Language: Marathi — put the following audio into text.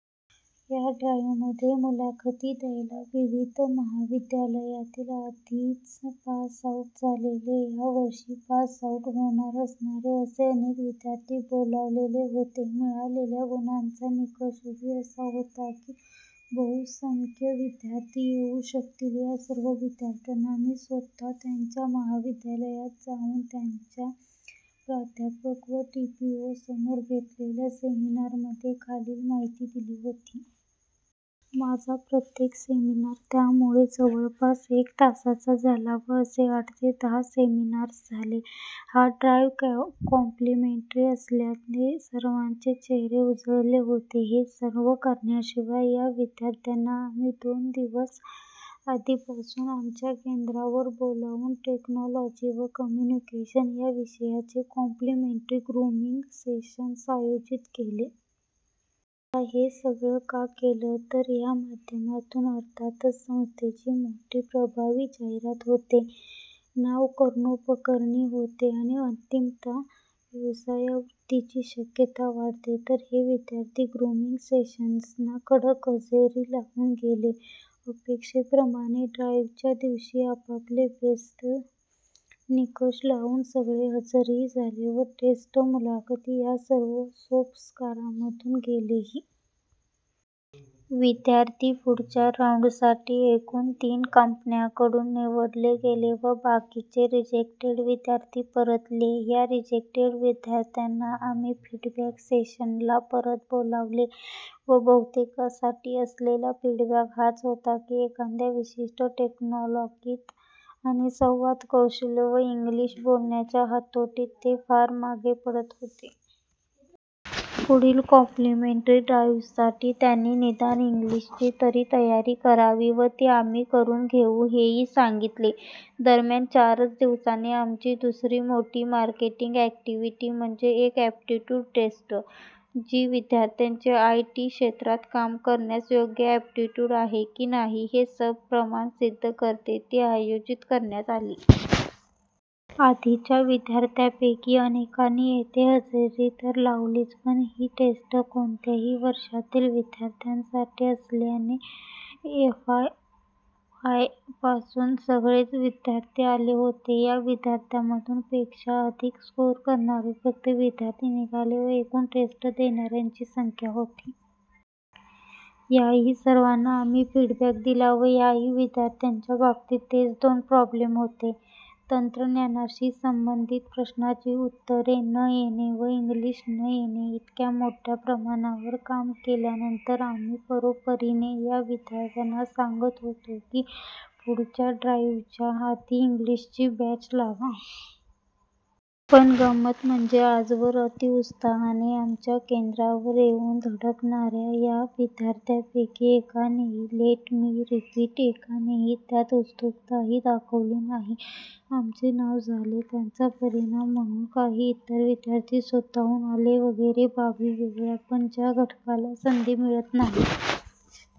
ह्या ड्राईव्हमध्ये मुलाखती द्यायला विविध महाविद्यालयातील आधीच पास आऊट झालेले, ह्या वर्षी पास आऊट होणार असणारे असे अनेक विद्यार्थी बोलावलेले होते. मिळालेल्या गुणांचा निकषही असा होता की बहुसंख्य विद्यार्थी येऊ शकतील. ह्या सर्व विद्यार्थ्यांना मी स्वतः त्यांच्या महाविद्यालयात जाऊन त्यांच्या प्राध्यापक व टीपीओ समोर घेतलेल्या सेमिनारमध्ये खालील माहिती दिली होती. माझा प्रत्येक सेमिनार त्यामुळे जवळपास एक तासाचा झाला व असे आठ ते दहा सेमिनार्स झाले. हा ड्राईव्ह काँप्लिमेंटरी असल्याने सर्वांचेच चेहरे उजळलेले होते. हे सर्व करण्याशिवाय ह्या विद्यार्थ्यांना आम्ही दोन दिवस आधीपासून आमच्या केंद्रावर बोलावून टेक्नॉलॉजी व कम्युनिकेशन ह्या विषयांचे 'काँप्लिमेंटरी' ग्रूमिंग सेशन्स आयोजीत केले. आता हे सगळे का केले? तर ह्या माध्यमातून अर्थातच संस्थेची मोठी, प्रभावी जाहिरात होते, नांव कर्णोपकर्णी होते आणि अंतिमतः व्यवसायवृद्धीची शक्यता वाढते. तर हे विद्यार्थी ग्रूमिंग सेशन्सना कडक हजेरी लावून गेले. अपेक्षेप्रमाणे ड्राईव्हच्या दिवशी आपापले 'बेस्ट' निकष लावून सगळे हजरही झाले व टेस्ट, मुलाखती ह्या सर्व सोपस्कारांमधून गेलेही. विद्यार्थी पुढच्या राऊंडसाठी एकुण तीन कंपन्यांकडून निवडले गेले व बाकीचे रिजेक्टेड विद्यार्थी परतले. ह्या रिजेक्टेड विद्यार्थ्यांना आम्ही फीडबॅक सेशनला परत बोलावले व बहुतेकांसाठी असलेला फीडबॅक हाच होता की एखाद्या विशिष्ट टेक्नॉलॉगीत आणि संवादकौशल्य व इंग्लिश बोलण्याच्या हातोटीत ते फार मागे पडत होते. पुढील काँप्लिमेंटरी ड्राईव्हसाठी त्यांनी निदान इंग्लिशची तरी तयारी करावी व ती आम्ही करून घेऊ हेही सांगितले.. दरम्यान चारच दिवसांनी आमची दुसरी मोठी मार्केटिंग अॅक्टिव्हिटी म्हणजे एक अॅप्टिट्यूड टेस्ट, जी विद्यार्थ्याचे आय टी क्षेत्रात काम करण्यास योग्य अॅप्टिट्यूड आहे की नाही हे सप्रमाण सिद्ध करते, ती आयोजीत करण्यात आली. आधीच्या विद्यार्थ्यांपैकी अनेकांनी येथे हजेरी तर लावलीच, पण ही टेस्ट कोणत्याही वर्षातील विद्यार्थ्यांसाठी असस्ल्याने एफ वाय पासून सगळेच विद्यार्थी आले होते. ह्या विद्यार्थ्यांमधून पेक्षा अधिक स्कोर करणारे फक्त विद्यार्थी निघाले व एकुण टेस्ट देणार्यांची संख्या होती. ह्याही सर्वांना आम्ही फीडबॅक दिला व ह्याही विद्यार्थ्यांच्या बाबतीत तेच दोन प्रॉब्लेम्स होते. तंत्रज्ञानाशी संबंधित प्रश्नांची उत्तरे न येणे व इंग्लिश न येणे! इतक्या मोठ्या प्रमाणावर काम केल्यानंतर आम्ही परोपरीने ह्या विद्यार्थ्यांना सांगत होतो की पुढच्या ड्राईव्हच्या आधी इंग्लिशची बॅच लावा. पण गंमत म्हणजे आजवर अतीउत्साहाने आमच्या केंद्रावर येऊन धडकणार्या ह्या विद्यार्थ्यांपैकी एकानेही, लेट मी रीपिट, एकानेही त्यात उत्सुकताही दाखवली नाही. आमचे नांव झाले, त्याचा परिणाम म्हणून काही इतर विद्यार्थी स्वतःहून आले वगैरे बाबी वेगळ्या! पण ज्या घटकाला संधी मिळत नाहीत